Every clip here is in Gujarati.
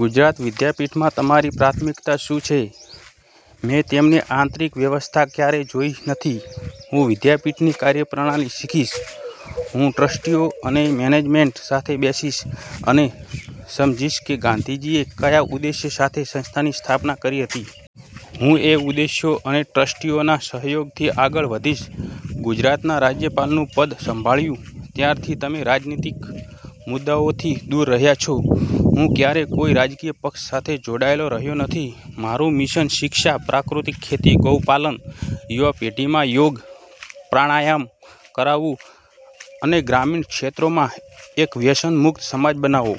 ગુજરાત વિદ્યાપીઠમાં તમારી પ્રાથમિક્તા શું છે? મેં તેમની આંતરિક વ્યવસ્થા ક્યારે જોઈ નથી. હું વિદ્યાપીઠની કાર્યપ્રણાલી સિખીશ. હું ટ્રસ્ટીઓ અને મેનેજમેન્ટ સાથે બેસીશ અને સમજીશ કે ગાંધીજીએ કયા ઉદેશ્ય સાથે સંસ્થાની સ્થાપના કરી હતી. હું એ ઉદેશ્યો અને ટ્રસ્ટીઓના સહયોગથી આગળ વધીશ. ગુજરાતના રાજ્યપાલનું પદ સંભાળ્યું ત્યારથી તમે રાજનીતિક મુદ્દાઓથી દૂર રહ્યા છો હું ક્યારે કોઈ રાજકીય પક્ષ સાથે જોડાયેલો રહ્યો નથી. મારું મિશન શિક્ષા, પ્રાકૃતિક ખેતી, ગૌપાલન, યુવા પેઠીમાં યોગ પ્રાણાયામ કરાવવું અને ગ્રામીણ ક્ષેત્રોમાં એક વ્યસન મુક્ત સમાજ બનાવવો.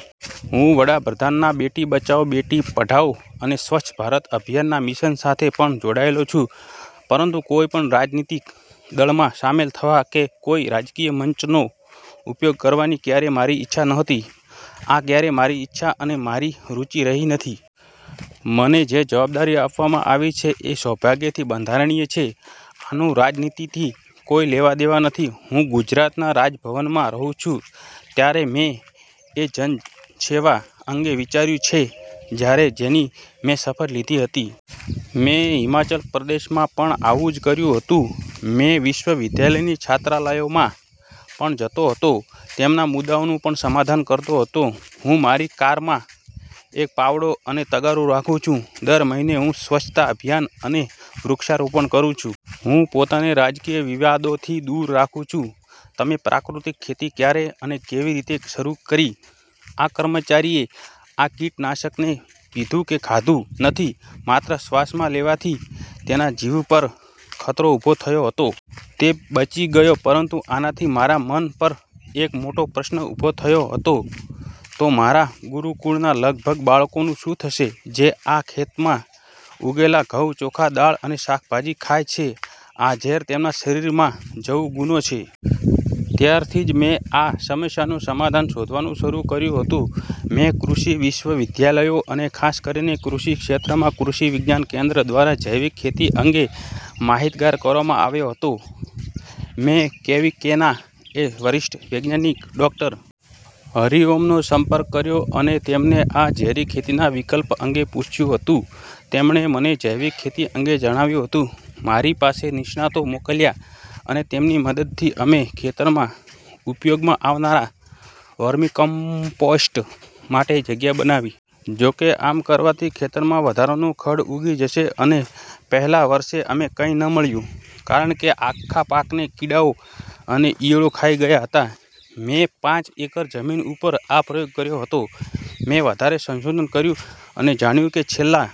હું વડાપ્રધાનના બેટી બચાઓ, બેટી પઢાઓ અને સ્વચ્છ ભારત અભિયાનના મિશન સાથે પણ જોડાયેલો છું. પરંતુ કોઈપણ રાજનીતિક દળમાં સામેલ થવા કે કોઈ રાજકીય મંચનો ઉપયોગ કરવાની ક્યારે મારી ઈચ્છા ન્હોતી. આ ક્યારેય મારી ઇચ્છા અને મારી રુચી રહી નથી. મને જે જવાબદારી આપવામાં આવી છે એ સૌભાગ્યથી બંધારણીય છે. આનું રાજનીતિથી કોઈ લેવા-દેવા નથી. હું ગુજરાતના રાજભવનમાં રહું છું ત્યારે મેં એ જનસેવા અંગે વિચાર્યું છે જ્યારે જેની મેં શપથ લીધી હતી. મેં હિમાચલ પ્રદેશમાં પણ આવું જ કર્યું હતું. મેં વિશ્વવિદ્યાલયની છાત્રાલયોમાં પણ જતો હતો. તેમના મુદ્દાઓનું પણ સમાધાન કરતો હતો. હું મારી કારમાં એક પાવડો અને તગારું રાખું છું. દર મહિને હું સ્વચ્છતા અભિયાન અને વૃક્ષારોપણ કરું છું. હું પોતાને રાજકીય વિવાદોથી દૂર રાખું છું. તમે પ્રાકૃતિક ખેતી ક્યારે અને કેવી રીતે શરૂ કરી? આ કર્મચારીએ આ કીટનાશકને પીધું કે ખાધું નથી માત્ર શ્વાસમાં લેવાથી તેના જીવ પર ખતરો ઊભો થયો હતો. તે બચી ગયો પરંતુ આનાથી મારા મન પર એક મોટો પ્રશ્ન ઊભો થયો હતો. તો મારા ગુરુકુળના લગભગ બાળકોનું શું થશે જે આ ખેતમાં ઉગેલા ઘઉં, ચોખા, દાળ અને શાકભાજી ખાય છે. આ ઝેર તેમના શરીરમાં જવું ગુનો છે. ત્યારથી જ મેં આ સમસ્યાનું સમાધાન શોધવાનું શરું કર્યું હતું. મેં કૃષિ વિશ્વવિદ્યાલયો અને ખાસ કરીને કુરુક્ષેત્રમાં કૃષિ વિજ્ઞાન કેન્દ્ર દ્વારા જૈવિક ખેતી અંગે માહિતગાર કરવામાં આવ્યો હતો. મેં કેવીકેના એક વરિષ્ઠ વૈજ્ઞાનિક ડો. હરિઓમનો સંપર્ક કર્યો અને તેમને આ ઝેરી ખેતીના વિકલ્પ અંગે પૂછ્યું હતું. તેમણે મને જૈવિક ખેતી અંગે જણાવ્યું હતું. મારી પાસે નિષ્ણાંતો મોકલ્યા અને તેમની મદદથી અમે ખેતરમાં ઉપયોગમાં આવનારા વર્મીકમ્પોસ્ટ માટે જગ્યા બનાવી. જોકે, આમ કરવાથી ખેતરમાં વધારાનું ખડ ઉઘી જશે અને પહેલા વર્ષે અમે કંઈ ન મળ્યું કારણ કે આખા પાકને કીડાઓ અને ઇયળો ખાઈ ગયા હતા. મેં પાંચ એકર જમીન ઉપર આ પ્રયોગ કર્યો હતો. મેં વધારે સંશોધન કર્યું અને જાણ્યું કે છેલ્લા